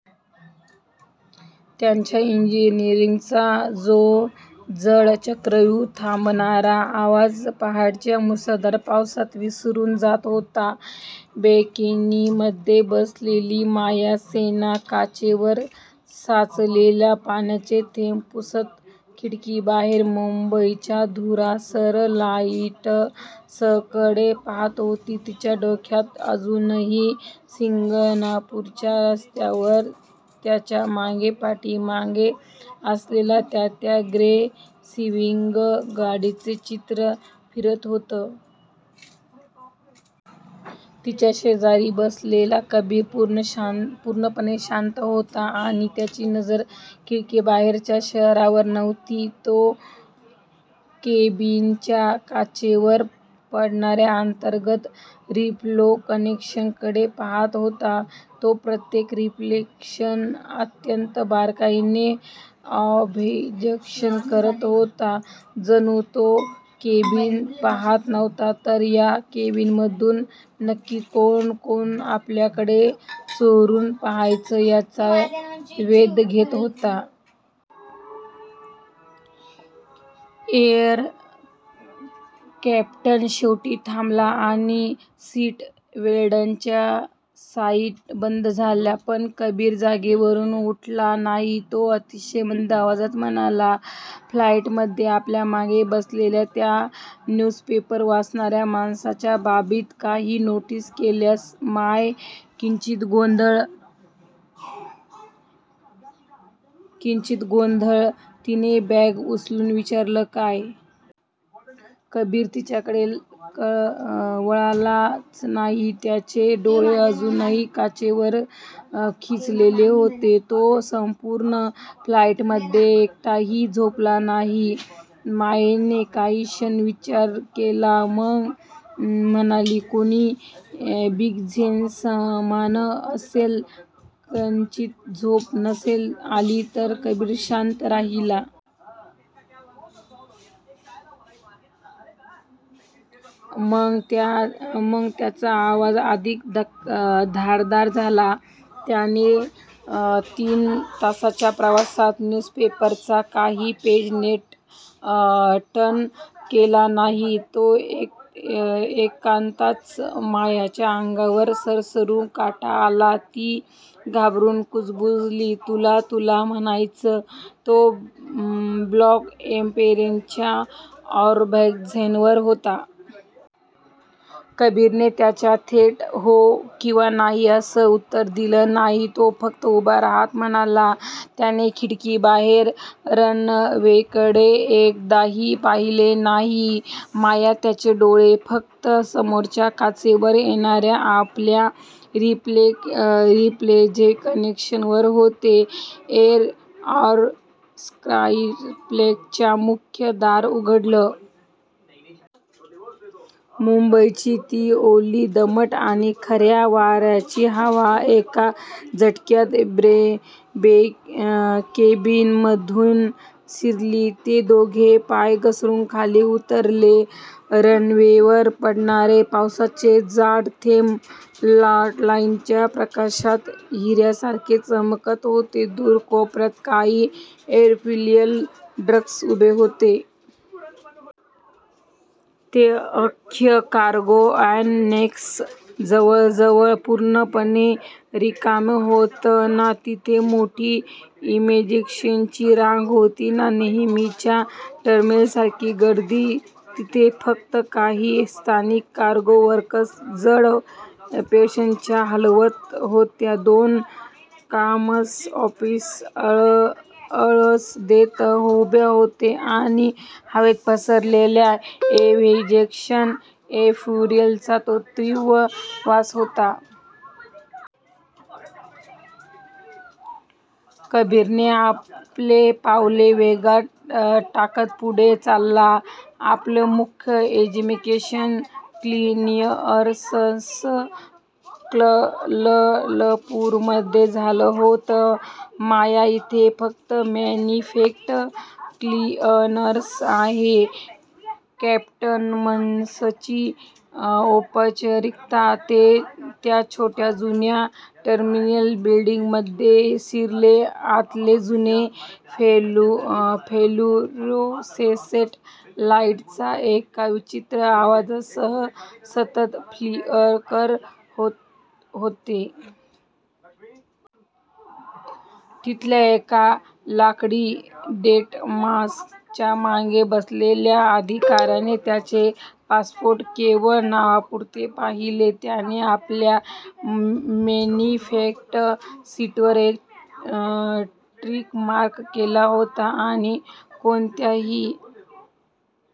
त्याच्या इंजिनचा तो जड, चक्रावून टाकणारा आवाज पहाटेच्या मुसळधार पावसात विरून जात होता. केबिनमध्ये बसलेली माया सेन काचेवर साचलेले पाण्याचे थेंब पुसत खिडकीबाहेर मुंबईच्या धूसर लाईट्सकडे पाहत होती. तिच्या डोक्यात अजूनही सिंगापूरच्या रस्त्यांवर त्यांच्या पाठीमागे असलेल्या त्या 'ग्रे सिव्हिक' गाडीचं चित्र फिरत होतं. तिच्या शेजारी बसलेला कबीर पूर्णपणे शांत होता. पण त्याची नजर खिडकीबाहेरच्या शहरावर नव्हती. तो केबिनच्या काचेवर पडणाऱ्या अंतर्गत रिफ्लेक्शन्सकडे पाहत होता. तो प्रत्येक रिफ्लेक्शन अत्यंत बारकाईने ऑब्झर्व्ह करत होता. जणू तो केबिन पाहत नव्हता, तर या केबिनमधून नक्की कोण-कोण आपल्याकडे चोरून पाहतंय, याचा वेध घेत होता. एअरक्राफ्ट शेवटी थांबलं. सीटबेल्टचा साईन बंद झाला. पण कबीर जागेवरून उठला नाही. तो अतिशय मंद, आवाजात म्हणाला, "फ्लाईटमध्ये आपल्या मागे बसलेल्या त्या न्यूजपेपर वाचणाऱ्या माणसाच्या बाबतीत काही नोटीस केलंस?" माया किंचित गोंधळली, तिने बॅग उचलत विचारलं, "काय? " कबीर तिच्याकडे वळलाच नाही, त्याचे डोळे अजूनही काचेवरच खिळलेले होते. "तो संपूर्ण फ्लाईटमध्ये एकदाही झोपला नाही." मायाने काही क्षण विचार केला, मग म्हणाली, "कोणी बिझनेसमन असेल कदाचित. झोप नसेल आली. " कबीर शांत राहिला. मग त्याचा आवाज अधिक धारदार झाला, "त्याने तीन तासांच्या प्रवासात न्यूजपेपरचं एकही पेज टर्न केलं नाही." ते ऐकताच मायाच्या अंगावर सरसरून काटा आला. ती घाबरून कुजबुजली, "तुला तुला म्हणायचंय तो ब्लॅक एम्बरचा ऑब्झर्वर होता? " कबीरने त्यावर थेट हो किंवा नाही असं उत्तर दिलं नाही. तो फक्त उभा राहत म्हणाला "त्याने खिडकीबाहेर रनवेकडे एकदाही पाहिलं नाही, माया त्याचे डोळे फक्त समोरच्या काचेवर येणाऱ्या आपल्या रिफ्लेक्शन्सवर होते." एअरक्राफ्टचं मुख्य दार उघडलं. मुंबईची ती ओली, दमट आणि खाऱ्या वाऱ्याची हवा एका झटक्यात केबिनमध्ये शिरली. ते दोघे पायऱ्यांवरून खाली उतरले. रनवेवर पडणारे पावसाचे जाड थेंब लाईट्सच्या प्रकाशात हिऱ्यांसारखे चमकत होते. दूर कोपऱ्यात काही फ्युएल ट्रक्स उभे होते. ते अख्खं कार्गो अॅनेक्स जवळजवळ पूर्णपणे रिकामं होतं. ना तिथे मोठी इमिग्रेशनची रांग होती, ना नेहमीच्या टर्मिनल्ससारखी गर्दी. तिथे फक्त काही स्थानिक कार्गो वर्कर्स जड पेट्या हलवत होते. दोन कस्टम्स ऑफिसर्स आळस देत उभे होते आणि हवेत पसरलेला एव्हिएशन फ्युएलचा तो तीव्र वास होता. कबीर आपले पावले वेगात टाकत पुढे चालला, "आपलं मुख्य इमिग्रेशन क्लिअरन्स क्वालालंपूरमध्येच झालं होतं, माया इथे फक्त मॅनिफेस्ट क्लिअरन्स आहे. कस्टम्सची औपचारिकता." ते त्या छोट्या, जुन्या टर्मिनल बिल्डिंगमध्ये शिरले. आतले जुने फ्लुरोसेंट लाईट्स एका विचित्र आवाजासह सतत फ्लिकर होत होते. तिथल्या एका लाकडी डेस्कमागे बसलेल्या अधिकाऱ्याने त्यांचे पासपोर्ट्स केवळ नावापुरते पाहिले. त्याने आपल्या मॅनिफेस्ट शीटवर एक टिक मार्क केला आणि कोणत्याही